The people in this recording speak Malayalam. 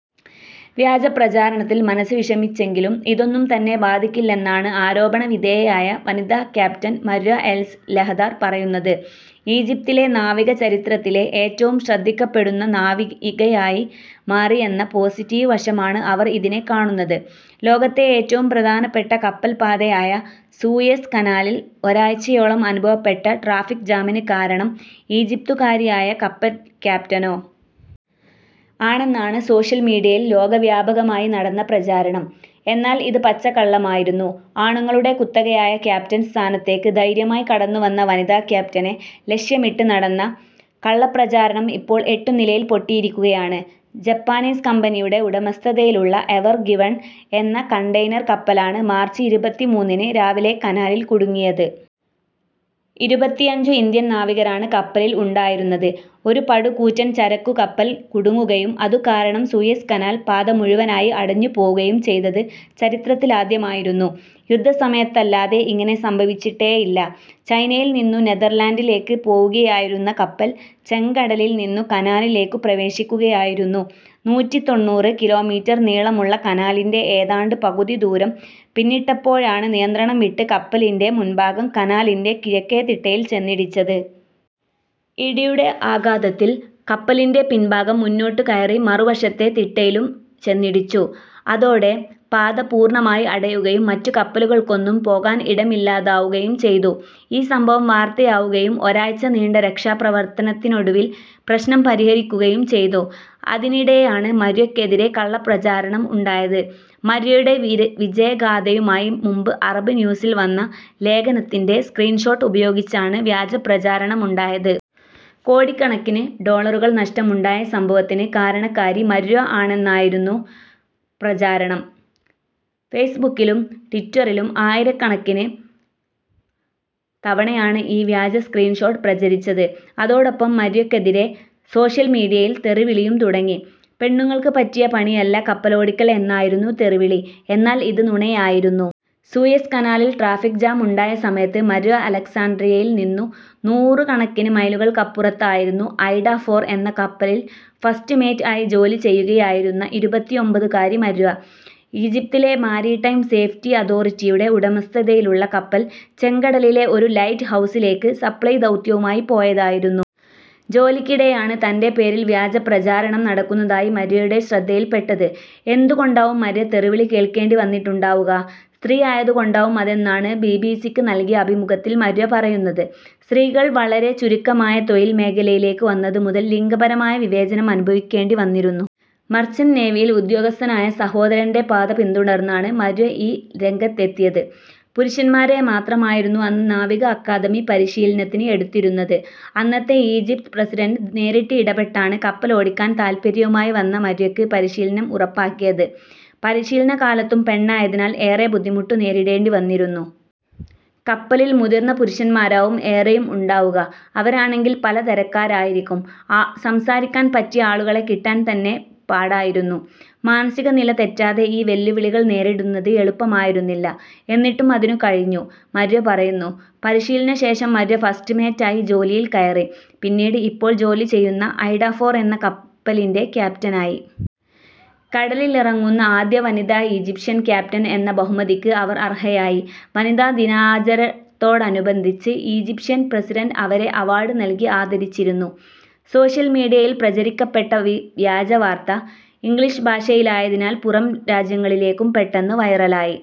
വ്യാജപ്രചാരണത്തിൽ മനസ്സ് വിഷമിച്ചെങ്കിലും, ഇതൊന്നും തന്നെ ബാധിക്കില്ലെന്നാണ് ആരോപണ വിധേയയായ വനിതാ ക്യാപ്റ്റൻ മര്വ എല്സ് ലെഹദാർ പറയുന്നത്. ഈജിപ്തിലെ നാവിക ചരിത്രത്തിലെ ഏറ്റവും ശ്രദ്ധിക്കപ്പെടുന്ന നാവികയായി മാറിയെന്ന പോസിറ്റീവ് വശമാണ് അവർ ഇതിനെ കാണുന്നത്. ലോകത്തെ ഏറ്റവും പ്രധാനപ്പെട്ട കപ്പൽ പാതയായ സൂയസ് കനാലിൽ ഒരാഴ്ചയോളം അനുഭവപ്പെട്ട ട്രാഫിക് ജാമിന് കാരണം ഈജിപ്തുകാരിയായ കപ്പൽ ക്യാപ്റ്റനോ? ആണെന്നാണ് സോഷ്യൽ മീഡിയയിൽ ലോകവ്യാപകമായി നടന്ന പ്രചാരണം. എന്നാൽ, ഇത് പച്ചക്കള്ളമായിരുന്നു. ആണുങ്ങളുടെ കുത്തകയായ ക്യാപറ്റൻ സ്ഥാനത്തേക്ക് ധൈര്യമായി കടന്നു വന്ന വനിതാ ക്യാപ്റ്റനെ ലക്ഷ്യമിട്ട് നടന്ന കള്ളപ്രചാരണം ഇപ്പോൾ എട്ടുനിലയിൽ പൊട്ടിയിരിക്കുകയാണ്. ജപ്പാനീസ് കമ്പനിയുടെ ഉടമസ്ഥതയിലുളള എവർഗിവൺ എന്ന കണ്ടെയിനർ കപ്പലാണ് മാർച്ച് ഇരുപത്തിമൂന്നിന് രാവിലെ കനാലിൽ കുടുങ്ങിയത്. ഇരുപത്തിയഞ്ചു ഇന്ത്യൻ നാവികരാണ് കപ്പലിൽ ഉണ്ടായിരുന്നത്. ഒരു പടുകൂറ്റൻ ചരക്കുകപ്പൽ കുടുങ്ങുകയും അതുകാരണം സൂയസ് കനാൽ പാത മുഴുവനായി അടഞ്ഞുപോവുകയും ചെയ്തത്ചരിത്രത്തിലാദ്യമായിരുന്നു. യുദ്ധസമയത്തല്ലാതെ ഇങ്ങനെ സംഭവിച്ചിട്ടേയില്ല. ചൈനയിൽ നിന്നു നെതെർലാന്റിലേക്ക് പോവുകയായിരുന്ന കപ്പൽ ചെങ്കടലിൽ നിന്നു കനാലിലേക്കു പ്രവേശിക്കുകയായിരുന്നു. നൂറ്റിത്തൊണ്ണൂറ്‍ കിലോമീറ്റർ നീളമുള്ള കനാലിന്റെ ഏതാണ്ട് പകുതിദൂരം പിന്നിട്ടപ്പോഴാണ് നിയന്ത്രണം വിട്ട് കപ്പലിന്റെ മുൻഭാഗം കനാലിന്റെ കിഴക്കെ തിട്ടയിൽ ചെന്നിടിച്ചത്. ഇടിയുടെ ആഘാതത്തിൽ കപ്പലിന്റെ പിൻഭാഗം മുന്നോട്ടുകയറി മറുവശത്തെ തിട്ടയിലും ചെന്നിടിച്ചു. അതോടെ പാത പൂർണ്ണമായി അടയുകയും മറ്റു കപ്പലുകൾക്കൊന്നും പോകാൻ ഇടമില്ലാതാവുകയും ചെയ്തു. ഈ സംഭവം വാർത്തയാവുകയും ഒരാഴ്ച നീണ്ട രക്ഷാപ്രവർത്തനത്തിനൊടുവിൽ പ്രശ്നം പരിഹരിക്കുകയും ചെയ്തു. അതിനിടെയാണ്, മര്വക്കെതിരെ കള്ള പ്രചാരണം ഉണ്ടായത്. മര്വയുടെ വിജയഗാഥയുമായി മുമ്പ് അറബ് ന്യൂസിൽ വന്ന ലേഖനത്തിന്റെ സ്ക്രീൻ ഷോട്ട് ഉപയോഗിച്ചാണ് വ്യാജ പ്രചാരണമുണ്ടായത്. കോടിക്കണക്കിന് ഡോളറുകൾ നഷ്ടമുണ്ടായ സംഭവത്തിന് കാരണക്കാരി മര്വ ആണെന്നായിരുന്നു പ്രചാരണം. ഫേസ്ബുക്കിലും ട്വിറ്ററിലും ആയിരക്കണക്കിന് തവണയാണ് ഈ വ്യാജ സ്ക്രീൻ ഷോട്ട് പ്രചരിച്ചത്. അതോടൊപ്പം, മര്വക്കെതിരെ സോഷ്യൽ മീഡിയയിൽ തെറിവിളിയും തുടങ്ങി. പെണ്ണുങ്ങൾക്ക് പറ്റിയ പണിയല്ല കപ്പലോടിക്കൽ എന്നായിരുന്നു തെറിവിളി. എന്നാൽ, ഇത് നുണയായിരുന്നു. സൂയസ് കനാലിൽ ട്രാഫിക് ജാം ഉണ്ടായ സമയത്ത് മര്വ അലക്സാൻഡ്രിയയിൽ നിന്നും നൂറുകണക്കിന് മൈലുകൾക്കപ്പുറത്തായിരുന്നു. ഐഡ ഫോർ എന്ന കപ്പലിൽ ഫസ്റ്റ്മേറ്റ് ആയി ജോലി ചെയ്യുകയായിരുന്നു ഇരുപത്തിഒമ്പതുകാരിയായ മര്വ. ഈജിപ്തിലെ മാരിടൈം സേഫ്റ്റി അതോറിറ്റിയുടെ ഉടമസ്ഥതതയിലുള്ള കപ്പൽ ചെങ്കടലിലെ ഒരു ലൈറ്റ് ഹൗസിലേക്ക് സപ്ലൈ ദൗത്യവുമായി പോയതായിരുന്നു. ജോലിക്കിടെയാണ്, തന്റെ പേരിൽ വ്യാജപ്രചാരണം നടക്കുന്നതായി മര്വയുടെ ശ്രദ്ധയിൽ പെട്ടത്. എന്തു കൊണ്ടാവും മര്വ തെറിവിളി കേൾക്കേണ്ടി വന്നിട്ടുണ്ടാവുക? സ്ത്രീ ആയതു കൊണ്ടാവും അതെന്നാണ് ബിബിസിക്ക് നൽകിയ അഭിമുഖത്തിൽ മര്വ പറയുന്നത്. സ്ത്രീകൾ വളരെ ചുരുക്കമായ തൊഴിൽ മേഖലയിലേക്ക് വന്നതു മുതൽ ലിംഗപരമായ വിവേചനം അനുഭവിക്കേണ്ടി വന്നിരുന്നു. മർച്ചന്റ് നേവിയിൽ ഉദ്യോഗസ്ഥനായ സഹോദരന്റെ പാത പിന്തുടർന്നാണ് മര്വ ഈ രംഗത്തെത്തിയത്. പുരുഷന്മാരെ മാത്രമായിരുന്നു അന്ന് നാവിക അക്കാദമി പരിശീലനത്തിന് എടുത്തിരുന്നത്. അന്നത്തെ ഈജിപ്ത് പ്രസിഡന്റ് നേരിട്ട് ഇടപെട്ടാണ് കപ്പലോടിക്കാൻ താൽപര്യവുമായി വന്ന മര്വയ്ക്ക് പരിശീലനം ഉറപ്പാക്കിയത്. പരിശീലന കാലത്തും പെണ്ണായതിനാൽ ഏറെ ബുദ്ധിമുട്ടു നേരിടേണ്ടി വന്നിരുന്നു. '' കപ്പലിൽ മുതിർന്ന പുരുഷന്മാരാവും ഏറെയും ഉണ്ടാവുക. അവരാണെങ്കിൽ പല തരക്കാരായിരിക്കും. സംസാരിക്കാൻ പറ്റിയ ആളുകളെ കിട്ടാൻ തന്നെ പാടായിരുന്നു. മാനസിക നില തെറ്റാതെ, ഈ വെല്ലുവിളികൾ നേരിടുന്നത് എളുപ്പമായിരുന്നില്ല. എന്നിട്ടും അതിനു കഴിഞ്ഞു''മര്വ പറയുന്നു. പരിശീലനശേഷം മര്വ ഫസ്റ്റ്മേറ്റായി ജോലിയിൽ കയറി. പിന്നീട്, ഇപ്പോൾ ജോലി ചെയ്യുന്ന ഐഡ ഫോർ എന്ന കപ്പലിന്റെ ക്യാപ്റ്റനായി. കടലിലിറങ്ങുന്ന ആദ്യ വനിതാ ഈജിപ്ഷ്യൻ ക്യാപ്റ്റൻ എന്ന ബഹുമതിക്ക് അവർ അർഹയായി. വനിതാ ദിനാചരണത്തോടനുബന്ധിച്ച് ഈജിപ്ഷ്യൻ പ്രസിഡന്റ് അവരെ അവാർഡ് നല്കി ആദരിച്ചിരുന്നു. സോഷ്യൽ മീഡിയയിൽ പ്രചരിക്കപ്പെട്ട വ്യാജ വാർത്ത ഇംഗ്ലീഷ് ഭാഷയിലായതിനാൽ പുറം രാജ്യങ്ങളിലേക്കും പെട്ടെന്ന് വൈറലായി.